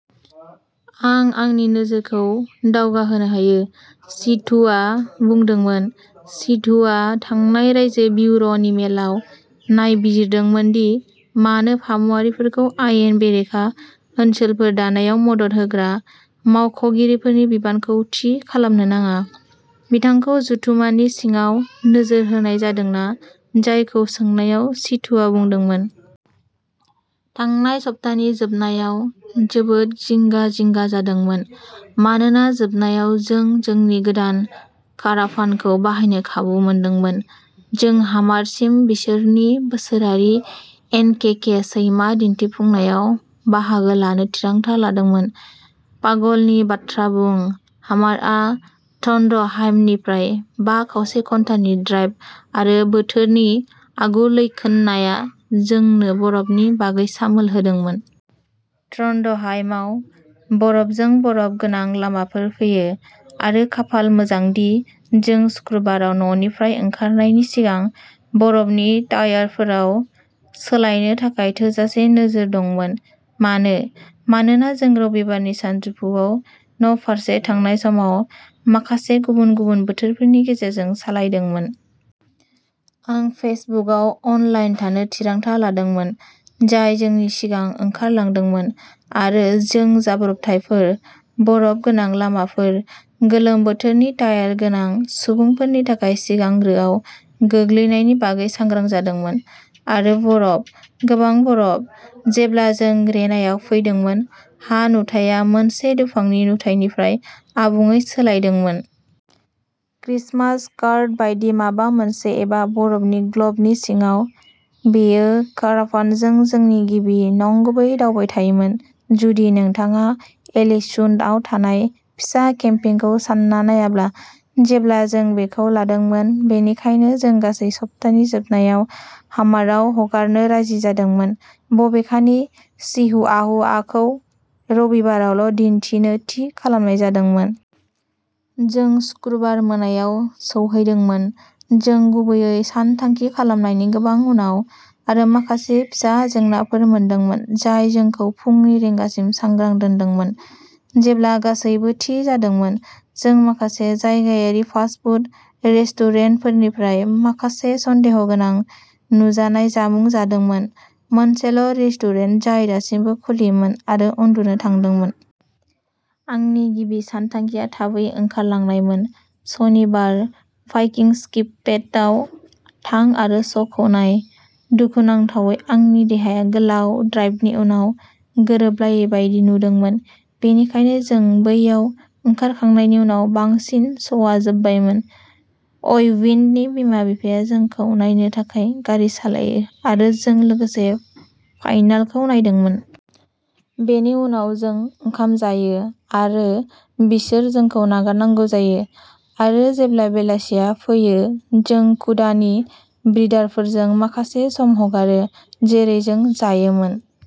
आं आंनि नोजोरखौ दावगाहोनो हायो", सिधुआ बुंदोंमोन। सिधुआ थांनाय रायजो बिउर'नि मेलाव नायबिजिरदोंमोन दि मानो फामुआरिफोरखौ आयेन बेरेखा ओनसोलफोर दानायाव मदद होग्रा मावख'गिरिफोरनि बिबानखौ थि खालामनो नाङा। बिथांखौ जथुमानि सिङाव नोजोर होनाय जादों ना जायाखै सोंनायाव, सिधुआ बुंदोंमोन। थांनाय सप्तानि जोबनायाव जोबोद जिंगा-जिंगा जादोंमोन। मानोना जोबनायाव जों जोंनि गोदान काराभानखौ बाहायनो खाबु मोनदोंमोन, जों हामारसिम बिसोरनि बोसोरारि एनकेके सैमा दिन्थिफुंनायाव बाहागो लानो थिरांथा लादोंमोन। पागलनि बाथ्रा बुं! हामारआ ट्रन्डहाइमनिफ्राय बा खावसे घन्टानि ड्राइभ, आरो बोथोरनि आगुलैखोननाया जोंनो बरफनि बागै सामोल होदोंमोन। ट्रन्डहाइमाव। बरफजों बरफ गोनां लामाफोर फैयो, आरो खाफाल मोजांदि जों सुक्रुबाराव न'निफ्राय ओंखारनायनि सिगां बरफनि टायारफोराव सोलायनो थाखाय थोजासे नोजोर दंमोन। मानो? मानोना जों रबिबारनि सानजौफुआव न'फारसे थांनाय समाव माखासे गुबुन-गुबुन बोथोरफोरनि गेजेरजों सालायदोंमोन। आं फेसबुकआव अनलाइन थानो थिरांथा लादोंमोन, जाय जोंनि सिगां ओंखारलांदोंमोन, आरो जों जाब्रबथायफोर, बरफ गोनां लामाफोर, गोलोम बोथोरनि टायार गोनां सुबुंफोरनि थाखाय सिगांग्रोआव गोग्लैनायनि बागै सांग्रां जादोंमोन, आरो बरफ। गोबां बरफ। जेब्ला जों रेनायाव फैदोंमोन, हा-नुथाया मोनसे दुफांनि नुथाइनिफ्राय आबुङै सोलायदोंमोन। क्रिसमास कार्ड बायदि माबा मोनसे-एबा बरफनि ग्लबनि सिङाव! बेयो काराभानजों जोंनि गिबि नंगुबै दावबायथायमोन-जुदि नोंथाङा एलेसुन्डआव थानाय फिसा केम्पिंखौ सान्ना नायाब्ला, जेब्ला जों बेखौ लादोंमोन-बेनिखायनो जों गासै सप्तानि जोबनायाव हामारआव हगारनो राजि जादोंमोन, बबेखानि चिहुआहुआखौ रबिबारावल'दिन्थिनो थि खालामनाय जादोंमोन। जों सुक्रुबार मोनायाव सौहैदोंमोन, जों गुबैयै सानथांखि खालामनायनि गोबां उनाव, आरो माखासे फिसा जेंनाफोर मोनदोंमोन जाय जोंखौ फुंनि रिंगासिम सांग्रां दोनदोंमोन। जेब्ला गासैबो थि जादोंमोन, जों माखासे जायगायारि फास्ट-फुड रेस्टुरेन्टनिफ्राय माखासे सन्देहगोनां नुजानाय जामुं जादोंमोन-मोनसेल'रेस्टुरेन्ट जाय दासिमबो खुलिमोन, आरो उन्दुनो थांदोंमोन। आंनि गिबि सानथांखिआ थाबै ओंखारलांनायमोन। सनिबार, भाइकिंस्किपेटआव थां आरो श'खौ नाय। दुखुनांथावै आंनि देहाया गोलाव ड्राइभनि उनाव गोरोबलायै बायदि नुदोंमोन, बेनिखायनो जों बैयाव ओंखारखांनायनि उनाव बांसिन श'आ जोबबायमोन। अयविन्डनि बिमा-बिफाया जोंखौ नायनो थाखाय गारि सालायो, आरो जों लोगोसे फाइनालखौ नायदोंमोन। बेनि उनाव जों ओंखाम जायो आरो बिसोर जोंखौ नागारनांगौ जायो, आरो जेब्ला बेलासिया फैयो जों कुडा नि ब्रिडारफोरजों माखासे सम हगारो जेरै जों जायोमोन।